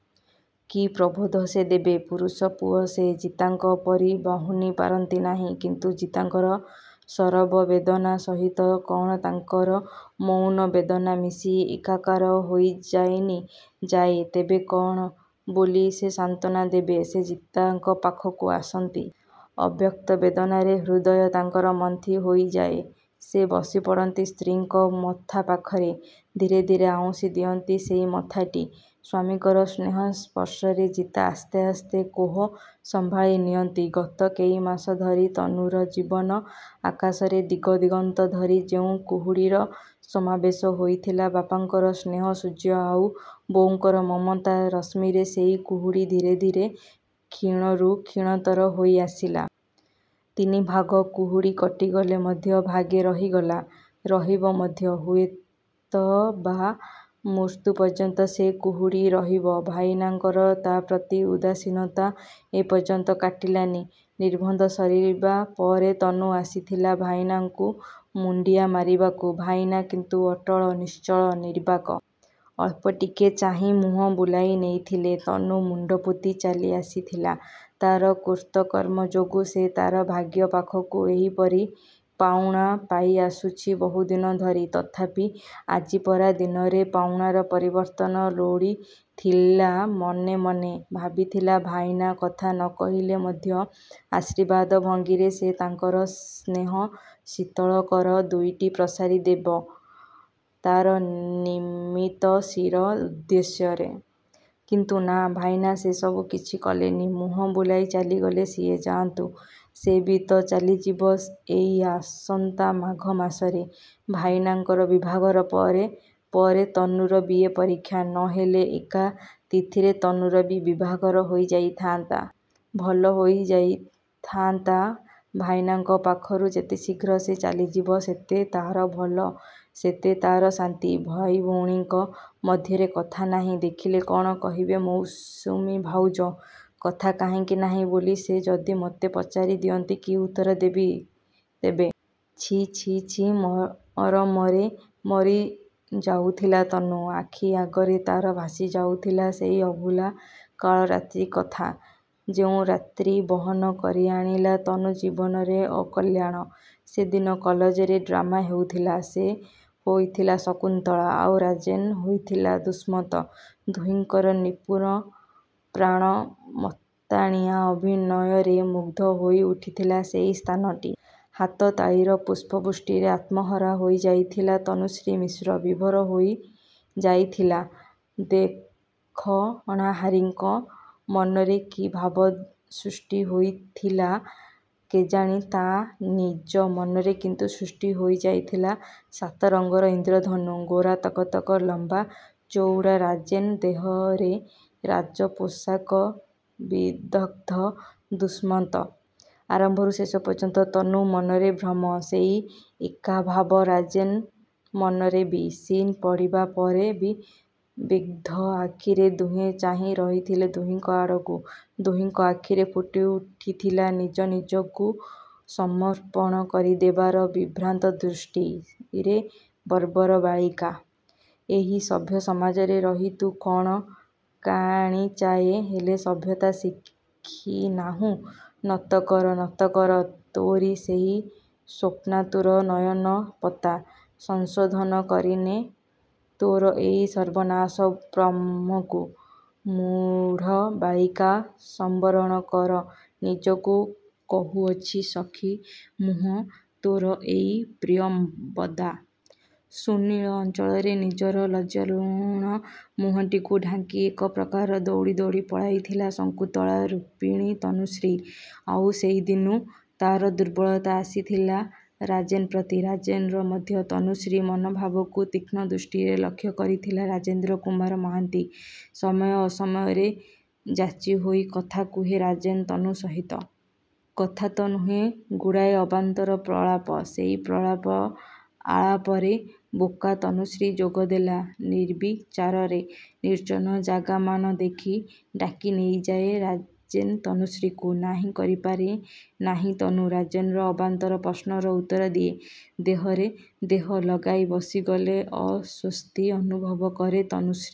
କି ପ୍ରବୋଧ ସେ ଦେବେ? ପୁରୁଷ ପୁଅ ସେ, ଜିତାଙ୍କ ପରି ବାହୁନିପାରନ୍ତି ନାହିଁ; କିନ୍ତୁ ଜିତାଙ୍କର ସରବ ବେଦନା ସହିତ କ'ଣ ତାଙ୍କର ମଉନ ବେଦନା ମିଶି ଏକାକାର ହୋଇଯାଏନି? ଯାଏ। ତେବେ କ'ଣ ବୋଲି ସେ ସାନ୍ତ୍ୱନା ଦେବେ? ସେ ଜିତାଙ୍କ ପାଖକୁ ଆସନ୍ତି। ଅବ୍ୟକ୍ତ ବେଦନାରେ ହୃଦୟ ତାଙ୍କର ମନ୍ଥି ହୋଇଯାଏ। ସେ ବସିପଡ଼ନ୍ତି ସ୍ତ୍ରୀଙ୍କ ମଥା ପାଖରେ। ଧୀରେ ଧୀରେ ଆଉଁସି ଦିଅନ୍ତି ସେଇ ମଥାଟି। ସ୍ୱାମୀଙ୍କର ସ୍ନେହ ସ୍ପର୍ଶରେ ଜିତା ଆସ୍ତେ ଆସ୍ତେ କୋହ ସମ୍ଭାଳି ନିଅନ୍ତି। ଗତ କେଇମାସ ଧରି ତନୁର ଜୀବନ ଆକାଶରେ ଦିଗ ଦିଗନ୍ତ ଧରି ଯେଉଁ କୁହୁଡ଼ିର ସମାବେଶ ହୋଇଥିଲା ବାପାଙ୍କର ସ୍ନେହ ସୂର୍ଯ୍ୟ, ଆଉ ବୋଉଙ୍କର ମମତା ରଶ୍ମିରେ ସେଇ କୁହୁଡ଼ି ଧୀରେ ଧୀରେ କ୍ଷୀଣରୁ କ୍ଷୀଣତର ହୋଇଆସିଲା। ତିନିଭାଗ କୁହୁଡ଼ି କଟିଗଲେ ମଧ୍ୟ ଭାଗେ ରହିଗଲା। ରହିବ ମଧ୍ୟ। ହୁଏତ ବା, ମୃତ୍ୟୁ ପର୍ଯ୍ୟନ୍ତ ସେ କୁହୁଡ଼ି ରହିବ। ଭାଇନାଙ୍କର ତା' ପ୍ରତି ଉଦାସୀନତା ଏପର୍ଯ୍ୟନ୍ତ କଟିଲାନି। ନିର୍ବନ୍ଧ ସରିବା ପରେ ତନୁ ଆସିଥିଲା ଭାଇନାଙ୍କୁ ମୁଣ୍ଡିଆ ମାରିବାକୁ। ଭାଇନା କିନ୍ତୁ ଅଟଳ, ନିଶ୍ଚଳ, ନିର୍ବାକ। ଅଳ୍ପଟିକିଏ ଚାହିଁ ମୁହଁବୁଲାଇ ନେଇଥିଲେ। ତନୁ ମୁଣ୍ଡପୋତି ଚାଲିଆସିଥିଲା। ତା'ର କୃତକର୍ମ ଯୋଗୁଁ ସେ ତା'ର ଭାଗ୍ୟ ପାଖକୁ ଏହିପରି ପାଉଣା ପାଇଆସୁଛି ବହୁଦିନ ଧରି। ତଥାପି ଆଜି ପରା ଦିନରେ ପାଉଣାର ପରିବର୍ତ୍ତନ ଲୋଡ଼ିଥିଲା ମନେ ମନେ। ଭାବିଥିଲା ଭାଇନା କଥା ନକହିଲେ ମଧ୍ୟ ଆଶୀର୍ବାଦ ଭଙ୍ଗୀରେ ସେ ତାଙ୍କର ସ୍ନେହ ଶୀତଳ କର ଦୁଇଟି ପ୍ରସାରି ଦେବେ ତା'ର ନମିତ ଶିର ଉଦ୍ଦେଶ୍ୟରେ। କିନ୍ତୁ ନା ଭାଇନା ସେ ସବୁ କିଛି କଲେନି। ମୁହଁ ବୁଲାଇ ଚାଲିଗଲେ ସିଏ। ଯାଆନ୍ତୁ। ସେ ବି ତ ଚାଲିଯିବ ଏଇ ଆସନ୍ତା ମାଘ ମାସରେ। ଭାଇନାଙ୍କ ବିଭାଘର ପରେ ପରେ ତନୁର ବି. ଏ. ପରୀକ୍ଷା। ନହେଲେ ଏକା ତିଥିରେ ତନୁର ବି ବିଭାଘର ହୋଇଯାଇଥାଆନ୍ତା। ଭଲ ହୋଇଥାଆନ୍ତା ଭାଇନାଙ୍କ ପାଖରୁ ଯେତେଶୀଘ୍ର ସେ ଚାଲିଯିବ ସେତେ ତା'ର ଭଲ ସେତେ ତା'ର ଶାନ୍ତି। ଭାଇଭଉଣୀଙ୍କ ମଧ୍ୟରେ କଥା ନାହିଁ ଦେଖିଲେ କ'ଣ କହିବେ ମୌସୁମୀ ଭାଉଜ। କଥା କାହିଁକି ନାହିଁ ବୋଲି ସେ ଯଦି ମତେ ପଚାରିଦିଅନ୍ତି, କି ଉତ୍ତର ଦେବି ତେବେ? ଛି, ଛି, ଛି। ମରମରେ ମରିଯାଉଥିଲା ତନୁ। ଆଖିଆଗର ତା'ର ଭାସିଯାଉଥିଲା ସେଇ ଅଭୁଲା କାଳରାତ୍ରି କଥା। ଯେଉଁ ରାତ୍ରୀ ବହନ କରିଆଣିଲା ତନୁ ଜୀବନରେ ଅକଲ୍ୟାଣ। ସେଦିନ କଲେଜରେ ଡ୍ରାମା ହେଉଥିଲା। ସେ ହୋଇଥିଲା ଶକୁନ୍ତଳା, ଆଉ ରାଜେନ୍ ହୋଇଥିଲା ଦୁଷ୍ମନ୍ତ। ଦୁହିଁଙ୍କର ନିପୁଣ ପ୍ରାଣ ମତାଣିଆ ଅଭିନୟରେ ମୁଗ୍ଧ ହୋଇଉଠିଥିଲା ସେଇ ସ୍ଥାନଟି। ହାତ ତାଳିର ପୁଷ୍ପ ବୃଷ୍ଟିରେ ଆତ୍ମହରା ହୋଇଯାଇଥିଲା ତନୁଶ୍ରୀ ମିଶ୍ର, ବିଭୋର ହୋଇଯାଇଥିଲା। ଦେଖଣାହାରୀଙ୍କ ମନରେ କି ଭାବ ସୃଷ୍ଟି ହୋଇଥିଲା କେଜାଣି ତା' ନିଜ ମନରେ କିନ୍ତୁ ସୃଷ୍ଟି ହୋଇଥିଲା ସାତରଙ୍ଗର ଇନ୍ଦ୍ରଧନୁ। ଗୋରା ତକ୍ ତକ୍ ଲମ୍ୱା ଚଉଡ଼ା ରାଜେନ୍ ଦେହରେ ରାଜପୋଷାକ ବିଦଗ୍ଧ ଦୁଷ୍ମନ୍ତ। ଆରମ୍ଭରୁ ଶେଷ ପର୍ଯ୍ୟନ୍ତ ତନୁ ମନରେ ଭ୍ରମ। ସେଇ ଏକାଭାବ ରାଜେନ୍ ମନରେ ବି। ସିନ୍ ପଡ଼ିବା ପରେ ବି ବିଗ୍ଧ ଆଖିରେ ଦୁହେଁ ଚାହିଁ ରହିଥିଲେ ଦୁହିଁଙ୍କ ଆଡ଼କୁ। ଦୁହିଁଙ୍କ ଆଖିରେ ଫୁଟିଉଠିଥିଲା ନିଜ ନିଜକୁ ସମର୍ପଣ କରିଦେବାର ବିଭ୍ରାନ୍ତ ଦୃଷ୍ଟି। ରେ ବର୍ବର ବାଳିକା! ଏହି ସଭ୍ୟ ସମାଜରେ ରହି ତୁ କ'ଣ କାଣିଚାଏ ହେଲେ ସଭ୍ୟତା ଶଖିନାହୁଁ? ନତ କର, ନତ କର ତୋର ସେହି ସ୍ୱାପ୍ନାତୁର ନୟନପତା। ସଂଶୋଧନ କରିନେ ତୋର ଏଇ ସର୍ବନାଶା ଭ୍ରମକୁ। ମୂଢ଼ ବାଳିକା ସମ୍ୱରଣ କର ନିଜକୁ କହୁଅଛି ସଖୀ ମୁହିଁ ତୋର ଏଇ ପ୍ରିୟମ୍ୱଦା। ସୁନୀଳ ଅଞ୍ଚଳରେ ନିଜର ଲଜ୍ଜାରୁଣ ମୁହଁଟିକୁ ଢାଙ୍କି ଏକପ୍ରକାର ଦଉଡ଼ି ଦଉଡ଼ି ପଳାଇଥିଲା ଶକୁନ୍ତଳା ରୁପିଣୀ ତନୁଶ୍ରୀ। ଆଉ ସେଇଦିନୁଁ ତା'ର ଦୁର୍ବଳତା ଆସିଥିଲା ରାଜେନ୍ ପ୍ରତି। ରାଜେନ୍ ର ମଧ୍ୟ। ତନୁଶ୍ରୀ ମନଭାବକୁ ତୀକ୍ଷ୍ଣ ଦୃଷ୍ଟିରେ ଲକ୍ଷ୍ୟ କରିଥିଲା ରାଜେନ୍ଦ୍ର କୁମାର ମହାନ୍ତି। ସମୟ ଅସମୟରେ ଯାଚିହୋଇ କଥା କୁହେ ରାଜେନ୍ ତନୁ ସହିତ। କଥା ତ ନୁହେଁ ଗୁଡ଼ାଏ ଅବାନ୍ତର ପ୍ରଳାପ। ସେଇ ପ୍ରଳାପ ଆଳାପରେ ବୋକା ତନୁଶ୍ରୀ ଯୋଗଦେଲା ନିର୍ବିଚାରରେ। ନିର୍ଜନ ଜାଗାମାନ ଦେଖି ଡାକିନେଇଯାଏ ରାଜେନ୍ ତନୁଶ୍ରୀକୁ। ନାହିଁ କରିପାରେନାହିଁ ତନୁ। ରାଜେନ୍ ର ଅବାନ୍ତର ପ୍ରଶ୍ନର ଉତ୍ତର ଦିଏ। ଦେହରେ ଦେହ ଲଗାଇ ବସିଗଲେ ଅସ୍ୱସ୍ତି ଅନୁଭବ କରେ ତନୁଶ୍ରୀ।